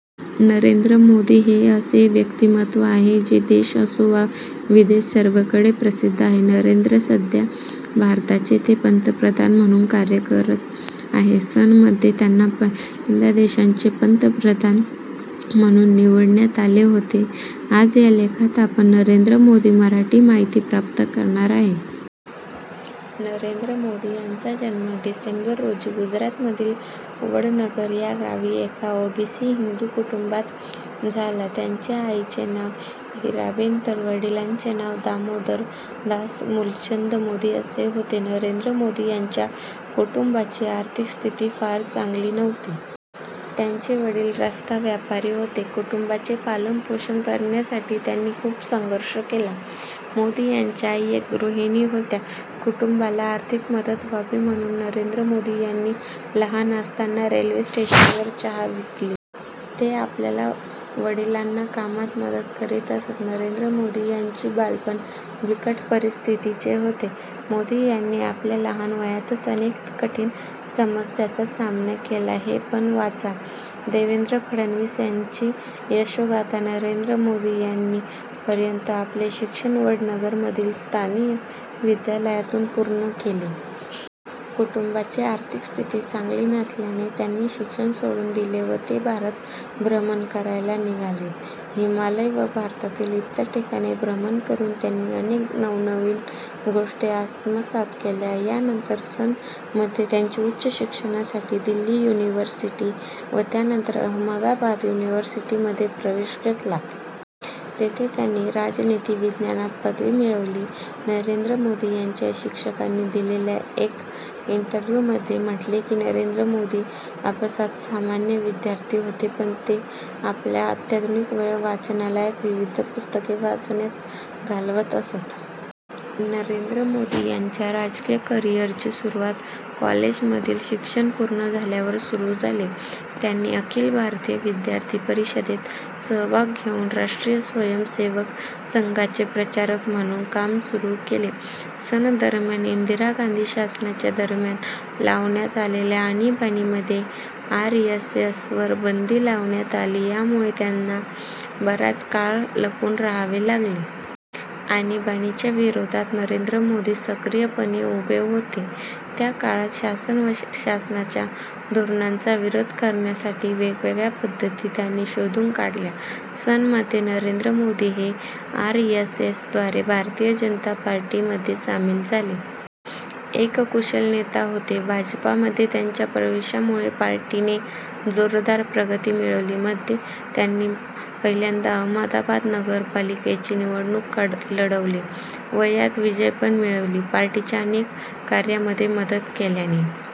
नरेंद्र मोदी हे असे व्यक्तिमत्व आहे जे देश असो वा विदेश सर्वकडे प्रसिद्ध आहेत. नरेंद्र सध्या भारताचे वे पंतप्रधान म्हणून कार्यरत आहेत. सन मध्ये त्यांना पहिल्यांदा देशाचे पंतप्रधान म्हणून निवडण्यात आले होते. आज या लेखात आपण नरेंद्र मोदी मराठी माहिती प्राप्त करणार आहोत. नरेंद्र मोदी यांचा जन्म डिसेंबर रोजी गुजरातमधील वडनगर या गावी एका ओबीसी हिंदू कुटुंबात झाला. त्यांच्या आईचे नाव हिराबेन तर वडिलांचे नाव दामोदरदास मुलचंद मोदी असे होते. नरेंद्र मोदी यांच्या कुटुंबाची आर्थिक स्थिति फार चांगली नव्हती. त्यांचे वडील रस्ता व्यापारी होते. कुटुंबाचे पालनपोषण करण्यासाठी त्यांनी खूप संघर्ष केला. मोदी यांच्या आई एक गृहिणी होत्या. कुटुंबाला आर्थिक मदत व्हावी म्हणून नरेंद्र मोदी यांनी लहान असताना रेल्वे स्टेशन वर चहा विकली. ते आपल्या वडिलांना कामात मदत करीत असत. नरेंद्र मोदी यांची बालपण बिकट परिस्थितीचे होते. मोदी यांनी आपल्या लहान वयातच अनेक कठीण समस्याचा सामना केला. हे पण वाचा> देवेंद्र फडणवीस यांची यशोगाथा नरेंद्र मोदी यांनी पर्यन्त आपले शिक्षण वडनगर मधील स्थानीय विद्यालयातून पूर्ण केले. कुटुंबाची आर्थिक स्थिति चांगली नसल्याने त्यांनी शिक्षण सोडून दिले व ते भारत भ्रमण करायला निघालेत. हिमालय व भारतातील इतर ठिकाणी भ्रमण करून त्यांनी अनेक नवनवीन गोष्टी आत्मसात केल्या. या नंतर सन मध्ये त्यांनी उच्च शिक्षणासाठी दिल्ली यूनिवर्सिटी व त्यानंतर अहमदाबाद यूनिवर्सिटी मध्ये प्रवेश घेतला. तेथे त्यांनी राजनीति विज्ञानात पदवी मिळवली. नरेंद्र मोदी यांच्या शिक्षकांनी दिलेल्या एक इंटरव्ह्यु मध्ये म्हटले की नरेंद्र मोदी अभ्यासात सामान्य विद्यार्थी होते पण ते आपला अत्यधिक वेळ वाचनालयात विविध पुस्तके वाचण्यात घालवत असत. नरेंद्र मोदी यांच्या राजकीय करियर ची सुरुवात कॉलेज मधील शिक्षण पूर्ण झाल्यावर सुरू झाली. त्यांनी अखिल भारतीय विद्यार्थी परिषदेत सहभाग घेऊन राष्ट्रीय स्वयम सेवक संघाचे प्रचारक म्हणून काम सुरू केले. सन दरम्यान इंदिरा गांधी शासनाच्या दरम्यान लावण्यात आलेल्या आणीबाणी मध्ये आरएसएस वर बंदी लावण्यात आली यामुळे त्यांना बराच काळ लपून राहावे लागले. आणीबाणी च्या विरोधात नरेंद्र मोदी सक्रिय पणे उभे होते. त्या काळात शासन व शासनाच्या धोरणांचा विरोध करण्यासाठी वेगवेगळ्या पद्धती त्यांनी शोधून काढल्या. सन मध्ये नरेंद्र मोदी हे आरएसएस द्वारे भारतीय जनता पार्टी मध्ये सामील झाले. एक कुशल नेता होते. भाजपा मध्ये त्यांच्या प्रवेशामुळे पार्टी ने जोरदार प्रगती मिळवली. मध्ये त्यांनी पहिल्यांदा अहमदाबाद नगर पालिकेची निवडणूक लढवली. व यात विजय पण मिळवली. पार्टीच्या अनेक कार्यामध्ये मदत केल्याने